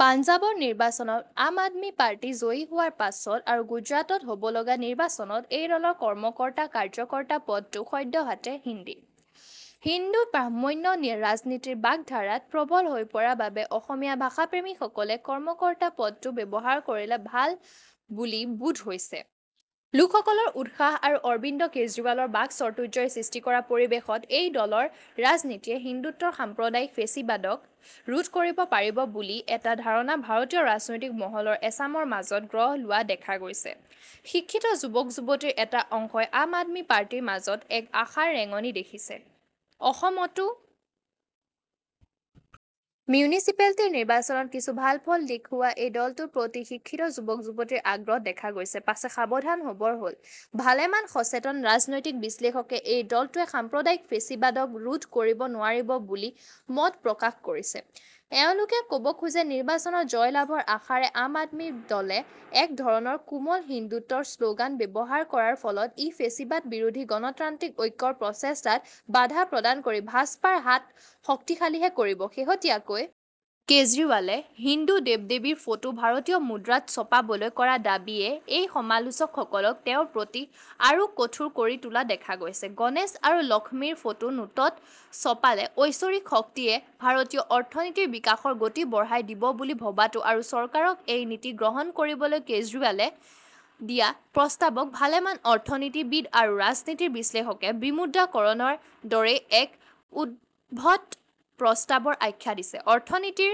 পাঞ্জাবৰ নিৰ্বাচনত আম আদমী পাৰ্টি জয়ী হোৱাৰ পাছত আৰু গুজৰাটত হ'ব লগা নিৰ্বাচনত এই দলৰ কৰ্ম-কৰ্তা কাৰ্য-কৰ্তা পদটো সদ্যহতে হিন্দী। হিন্দু-ব্ৰাহ্মণ্য ৰাজনীতিৰ বাক ধাৰাত প্ৰৱল হৈ পৰা বাবে অসমীয়া ভাষা-প্ৰেমী সকলে কৰ্মকৰ্তা পদটো ব্যৱহাৰ কৰিলে ভাল বুলি বোধ হৈছে । লোক সকলৰ উৎসাহ আৰু অৰৱিন্দ কেজৰীৱালৰ বাক চতুৰ্য্যই সৃষ্টি কৰা পৰিৱেশত এই দলৰ ৰাজনীতিয়ে হিন্দুত্বৰ সাম্প্ৰদায়িক ফেচীবাদক ৰোধ কৰিব পাৰিব বুলি এটা ধাৰণা ভাৰতীয় ৰাজনৈতিক মহলৰ এচামৰ মাজত গঢ় লোৱা দেখা গৈছে। শিক্ষিত যুৱক-যুৱতীৰ এটা অংশই আম- আদমীৰ মাজত এক আশাৰ ৰেঙণি দেখিছে। অসমতো মিউনিচিপেলিটিৰ নিৰ্বাচনত কিছু ভাল ফল দেখুৱা এই দলটোৰ প্ৰতি শিক্ষিত যুৱক-যুৱতীৰ আগ্ৰহ দেখা গৈছে। পাছে সাৱধান হ'বৰ হ'ল। ভালেমান সচেতন ৰাজনৈতিক বিশ্লেষকে এই দলটোৱে সাম্প্ৰদায়িক ফেচীবাদক ৰোধ কৰিব নোৱাৰিব বুলি মত প্ৰকাশ কৰিছে। এওঁলোকে কব খোজে নিৰ্বাচনত জয় লাভৰ আশাৰে আম-আদমী দলে এক ধৰণৰ কোমল হিন্দুত্বৰ শ্লোগান ব্যৱহাৰ কৰাৰ ফলত ই ফেচীবাদ বিৰোধী গণতান্ত্ৰিক ঐক্যৰ প্ৰচেষ্টাত বাধা প্ৰদান কৰি ভাজপাৰ হাত শক্তিশালীহে কৰিব। শেহতীয়াকৈ কেজৰিৱালে হিন্দু দেৱ-দেৱীৰ ফটো ভাৰতীয় মুদ্ৰাত ছপাবলৈ কৰা দাবীয়ে এই সমালোচক সকলক তেওঁৰ প্ৰতি আৰু কঠোৰ কৰি তোলা দেখা গৈছে। গণেশ আৰু লক্ষীৰ ফটো নোটত ছপালে ঐশ্বৰিক শক্তিয়ে ভাৰতীয় অৰ্থনীতিৰ বিকাশৰ গতি বঢ়াই দিব বুলি ভৱাটো আৰু চৰকাৰক এই নীতি গ্ৰহণ কৰিবলৈ কেজৰিৱালে দিয়া প্ৰস্তাৱক ভালেমান অৰ্থনীতিবিদ আৰু ৰাজনীতিৰ বিশ্লেষকে বিমুদ্ৰা কৰণৰ দৰেই এক উদ্ভট প্ৰস্তাৱৰ আখ্যা দিছে। অৰ্থনীতিৰ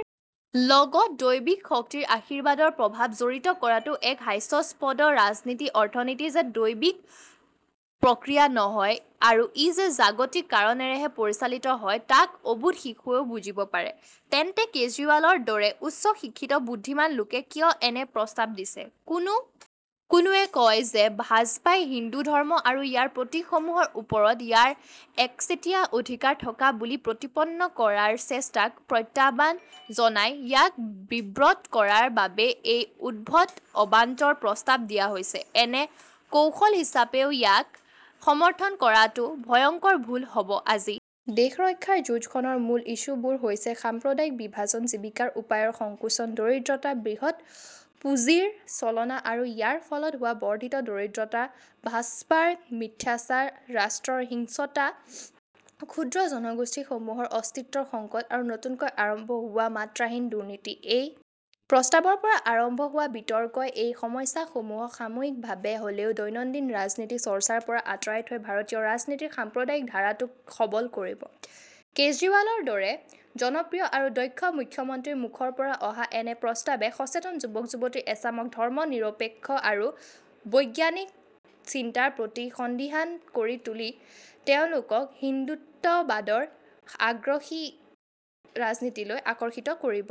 লগত দৈৱিক শক্তিৰ আশীৰ্বাদৰ প্ৰভাৱ জড়িত কৰাটো এক হাস্যাস্পদ ৰাজনীতি-অৰ্থনীতি যে দৈবিক প্ৰক্ৰিয়া নহয় আৰু ই যে জাগতিক কাৰণেৰেহে পৰিচালিত হয় তাক অবোধ শিশুৱেও বুজিব পাৰে। তেন্তে কেজৰীৱালৰ দৰে উচ্চ শিক্ষিত বুদ্ধিমান লোকে কিয় এনে প্ৰস্তাৱ দিছে ।কোনো কোনোৱে কয় যে ভাজপাই হিন্দু ধৰ্ম আৰু ইয়াৰ প্ৰতীক সমূহৰ ওপৰত ইয়াৰ একচেতিয়া অধিকাৰ থকা বুলি প্ৰতিপন্ন কৰাৰ চেষ্টাক প্ৰত্যহ্বান জনাই, ইয়াক বিব্ৰত কৰাৰ বাবেই এই উদ্ভট অবান্তৰ প্ৰস্তাৱ দিয়া হৈছে। এনে কৌশল হিচাপেও ইয়াক সমৰ্থন কৰাটো ভয়ংকৰ ভুল হ'ব। আজি দেশ ৰক্ষাৰ যুঁজ খনৰ মূল ইছ্যুবোৰ হৈছে সাম্প্ৰদায়িক বিভাজন জীৱিকাৰ উপায়ৰ সংকোচন দৰিদ্ৰতা বৃহৎ পুঁজিৰ চলনা আৰু ইয়াৰ ফলত হোৱা বৰ্দ্ধিত দৰিদ্ৰতা ভাজপাৰ মিথ্যাচাৰ ৰাষ্ট্ৰৰ হিংস্ৰতা ক্ষুদ্ৰ জনগোষ্ঠী সমূহৰ অস্তিত্বৰ সংকট আৰু নতুনকৈ আৰম্ভ হোৱা মাত্ৰাহীন দুৰ্নীতি। এই প্ৰস্তাৱৰ পৰা আৰম্ভ হোৱা বিতৰ্কই এই সমস্যা সমূহক সাময়িকভাৱে হ'লেও দৈনন্দিন ৰাজনীতি চৰ্চাৰ পৰা আঁতৰাই থৈ ভাৰতীয় ৰাজনীতিৰ সাম্প্ৰদায়িক ধাৰাটোক সৱল কৰিব। কেজৰীৱালৰ দৰে জনপ্ৰিয় আৰু দক্ষ মুখ্যমন্ত্ৰীৰ মুখৰ পৰা অহা এনে প্ৰস্তাৱে সচেতন যুৱক-যুৱতীৰ এচামক ধৰ্ম নিৰপেক্ষ আৰু বৈজ্ঞানিক চিন্তাৰ প্ৰতি সন্দিহান কৰি তুলি তেওঁলোকক হিন্দুত্ববাদৰ আগ্ৰসী ৰাজনীতিলৈ আকৰ্ষিত কৰিব।